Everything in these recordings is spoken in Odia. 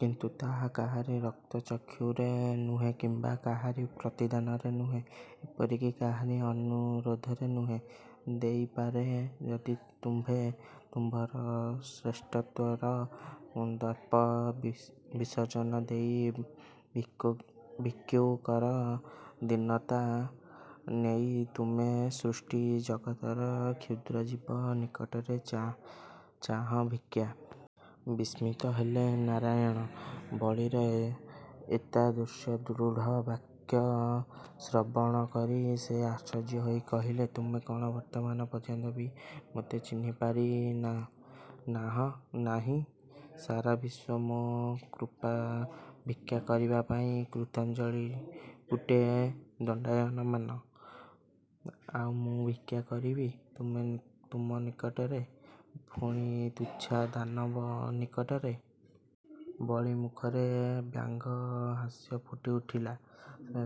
କିନ୍ତୁ ତାହା କାହାରି ରକ୍ତ ଚକ୍ଷୁରେ ନୁହେଁ କିମ୍ୱା କାହାରି ପ୍ରତିଦାନରେ ନୁହେଁ, ଏପରିକି କାହାରି ଅନୁରୋଧରେ ନୁହେଁ। ଦେଇପାରେ ଯଦି ତୁମ୍ଭେ ତୁମ୍ଭର ଶ୍ରେଷ୍ଠତ୍ୱର ଦର୍ପ ବିର୍ଷଜନ ଦେଇ, ଭିକ୍ଷୁକର ଦୀନତା ନେଇ ତୁମ ସୃଷ୍ଟ ଜଗତର କ୍ଷୁଦ୍ର ଜୀବ ନିକଟରେ ଚାହଁ ଭିକ୍ଷା। ବିସ୍ମିତ ହେଲେ ନାରାୟଣ ବଳୀର ଏତାଦୃଶ ଦୃଢ଼ ବାକ୍ୟ ଶ୍ରବଣକରି। ସେ ଆଶ୍ଚର୍ଯ୍ୟ ହୋଇ କହିଲେ ତୁମେ କଣ ବର୍ତ୍ତମାନ ପର୍ଯ୍ୟନ୍ତ ବି ମୋତେ ଚିହ୍ନପାରି ନାହିଁ? ସାରା ବିଶ୍ୱ ମୋ କୃପାଭିକ୍ଷା କରିବାପାଇଁ କୃତାଞ୍ଜଳୀପୁଟେ ଦଣ୍ଡାୟମାନ। ଆଉ ମୁଁ ଭିକ୍ଷା କରିବି ତୁମ ନିକଟରେ–ପୁଣି ତୁଚ୍ଛ ଦାନବ ନିକଟରେ। ବଳୀ ମୁଖରେ ବ୍ୟଙ୍ଗ ହାସ୍ୟ ଫୁଟିଉଠିଲା।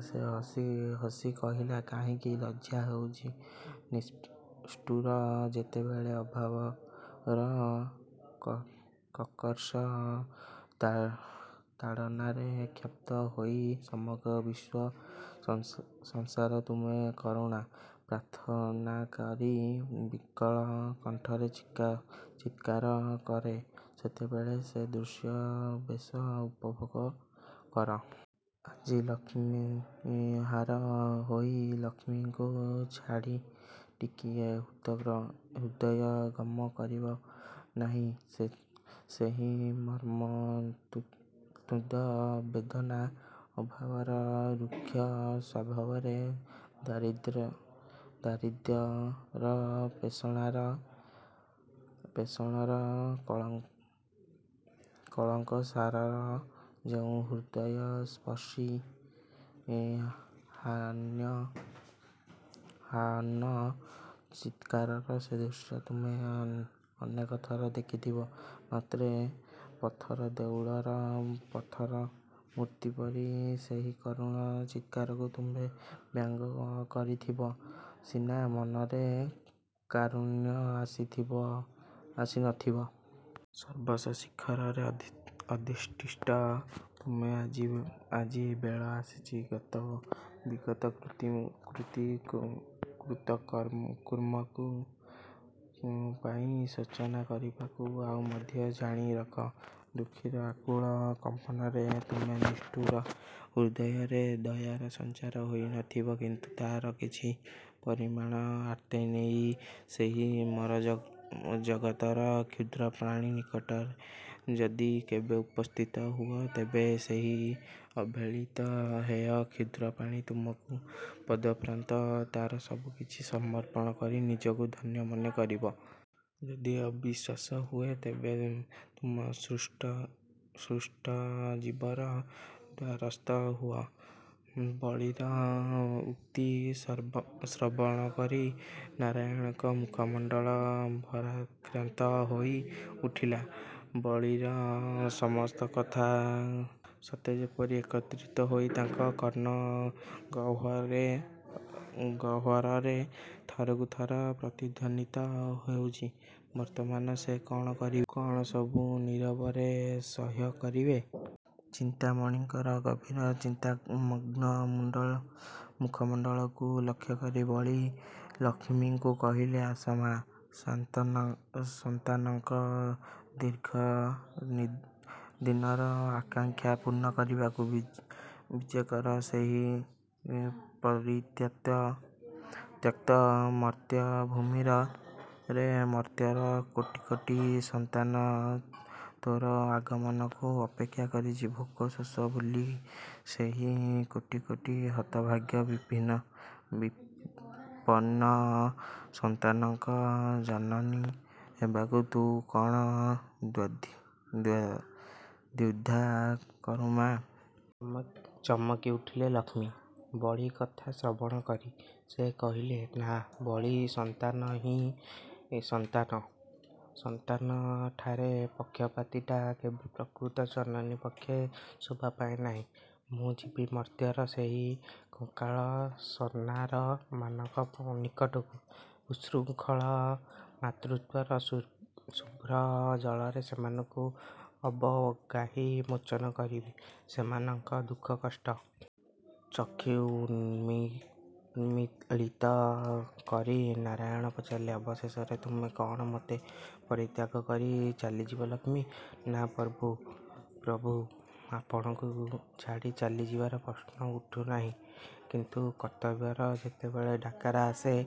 ସେ ହସି ହସି କହିଲା, କାହିଁକି, ଲଜ୍ଜା ହେଉଛି? ନିଷ୍ଠୁର! ଯେତେବେଳେ ଅଭାବର କର୍କଶ ତାଡ଼ନାରେ କ୍ଷପ୍ତ ହୋଇ ସମଗ୍ର ବିଶ୍ୱ ସଂସାର ତୁମର କରୁଣା ପ୍ରାର୍ଥନାକରି ବିକଳ କଣ୍ଠରେ ଚିତ୍କାର କରେ, ସେତେବେଳେ ସେ ଦୃଶ୍ୟ ବେଶ ଉପଭୋଗ କର। ଆଜି ଲକ୍ଷ୍ମୀହରା ହୋଇ, ଲକ୍ଷ୍ମୀଙ୍କୁ ଛାଡ଼ି ଟିକିଏ ହୃଦୟଙ୍ଗମ କରିବ ନାହିଁ ସେହି ମର୍ମନ୍ତୁଦ ବେଦନା। ଅଭାବର ଋକ୍ଷ ସ୍ୱଭାବରେ, ଦାରିଦ୍ର୍ୟର ପେଷଣରେ, କଙ୍କାଳସାରର ଯେଉଁ ହୃଦୟସ୍ପର୍ଶୀ ହା ଅନ୍ନ ଚିତକାର–ସେ ଦୃଶ୍ୟ ତୁମେ ଅନେକ ଥର ଦେଖିଥିବ। ମାତ୍ର ପଥର ଦେଉଳର ପଥର ମୂର୍ତ୍ତିପରି ସେହି କରୁଣ ଚିତକାରକୁ ତୁମ୍ଭେ ବ୍ୟଙ୍ଗ କରିଥିବା ସିନା, ମନରେ କାରୁଣ୍ୟ ଆସି ନଥିବ। ସର୍ବୋଚ୍ଚ ଶିଖରରେ ଅଧିଷ୍ଠିତ ତୁମେ, ଆଜି ବେଳ ଆସିଛି ଗତ ବିଗତ କୃତ କୁମର୍ମ ପାଇଁ ଶୋଚନା କରିବାକୁ। ଆଉ ମଧ୍ୟ ଜାଣିରଖ ଦୁଃଖୀର ଆକୁଳ କମ୍ପନରେ ତୁମ ନିଷ୍ଠୁର ହୃଦୟରେ ଦୟାର ସଞ୍ଚାର ହୋଇ ନଥିବ, କିନ୍ତୁ ତାର କିଛି ପରିମାଣର ଆର୍ତ୍ତନେଇ ସେହି ମରଜଗତର କ୍ଷୁଦ୍ର ପ୍ରାଣୀ ନିକଟରେ ଯଦି କେବେ ଉପସ୍ଥିତ ହୁଅ, ତେବେ ସେହି ଅବହେଳିତ ହେୟ କ୍ଷୁଦ୍ରପ୍ରାଣୀ ତୁମ ପଦପ୍ରାନ୍ତେ ତାର ସବୁ କିଛି ସମର୍ପଣ କରି ନିଜକୁ ଧନ୍ୟ ମନେ କରିବ। ଯଦି ଅବିଶ୍ୱାସ ହୁଏ ତେବେ ତୁମ ସୃଷ୍ଟ ଜୀବର ଦ୍ୱାରସ୍ଥ ହୁଅ। ବଳୀର ଉକ୍ତି ଶ୍ରବଣକରି ନାରାୟଣଙ୍କର ମୁଖମଣ୍ଡଳ ଭାରାକ୍ରାନ୍ତ ହୋଇ ଉଠିଲା। ବଳୀର ସମସ୍ତ କଥା ସତେ ଯେପରି ଏକତ୍ରୀତ ହୋଇ ତାଙ୍କ କର୍ଣ୍ଣ ଗହ୍ୱରରେ ଥରକୁ ଥର ପ୍ରତିଧ୍ୱନୀତ ହେଉଛି। ବର୍ତ୍ତମାନ ସେ କଣ କରିବେ–କଣ ସବୁ ନୀରବରେ ସହ୍ୟ କରିବେ? ଚିନ୍ତାମଣିଙ୍କର ଗଭୀର ଚିନ୍ତାମଗ୍ନ ମୁଖମଣ୍ଡଳକୁ ଲକ୍ଷକରି ବଳୀ ଲକ୍ଷ୍ମୀଙ୍କୁ କହିଲା, ଆସ ମା! ସନ୍ତାନଙ୍କ ଦୀର୍ଘଦିନର ଆକାଂକ୍ଷା ପୂର୍ଣ୍ଣ କରିବାକୁ ବିଜେକର ସେହି ପରିତ୍ୟକ୍ତ ମର୍ତ୍ତ୍ୟ ଭୂମିରେ-। ମର୍ତ୍ତ୍ୟର କୋଟି କୋଟି ସନ୍ତାନ ତୋର ଆଗମନକୁ ଅପେକ୍ଷା କରିଛି–ଭୋକ ଶୋଷ ଭୁଲି-। ସେହି କୋଟି କୋଟି ହତଭାଗ୍ୟ ବିପନ୍ନ ସନ୍ତାନଙ୍କ ଜନନୀ ହେବାକୁ ତୁ କଣ ଦ୍ୱୀଧା କରୁ ମା-? ଚମକି ଉଠିଲେ ଲକ୍ଷ୍ମୀ ବଳୀ କଥା ଶ୍ରବଣ କରି। ସେ କହିଲେ, ନା ବଳୀ ସନ୍ତାନହିଁ ସନ୍ତାନ। ସନ୍ତାନଠାରେ ପକ୍ଷପାତିତା କେବେ ପ୍ରକୃତ ଜନନୀ ପକ୍ଷେ ଶୋଭାପାଏ ନାହିଁ। ମୁଁ ଯିବି ମର୍ତ୍ତ୍ୟର ସେହି କଙ୍କାଳସନାରମାନଙ୍କ ନିକଟକୁ। ଉତ୍ସୃଙ୍ଖଳ ମାତୃତ୍ୱର ଶୁଭ୍ର ଜଳରେ ସେମାନଙ୍କୁ ଅବଗାହି, ମୋଚନ କରିବି ସେମାନଙ୍କ ଦୁଃଖ କଷ୍ଟ। ଚକ୍ଷୁ ଉନ୍ମିଳିତ କରି ନାରାୟଣ ପଚାରିଲେ, ଅବଶେଷରେ ତୁମେ କଣ ମୋତେ ପରିତ୍ୟାଗ କରି ଚାଲିଯିବ ଲକ୍ଷ୍ମୀ? ନା ପ୍ରଭୁ! ଆପଣଙ୍କୁ ଛାଡ଼ି ଚାଲିଯିବାର ପ୍ରଶ୍ନ ଉଠୁ ନାହିଁ–କିନ୍ତୁ କର୍ତ୍ତବ୍ୟର ଯେତେବେଳେ ଡାକରା ଆସେ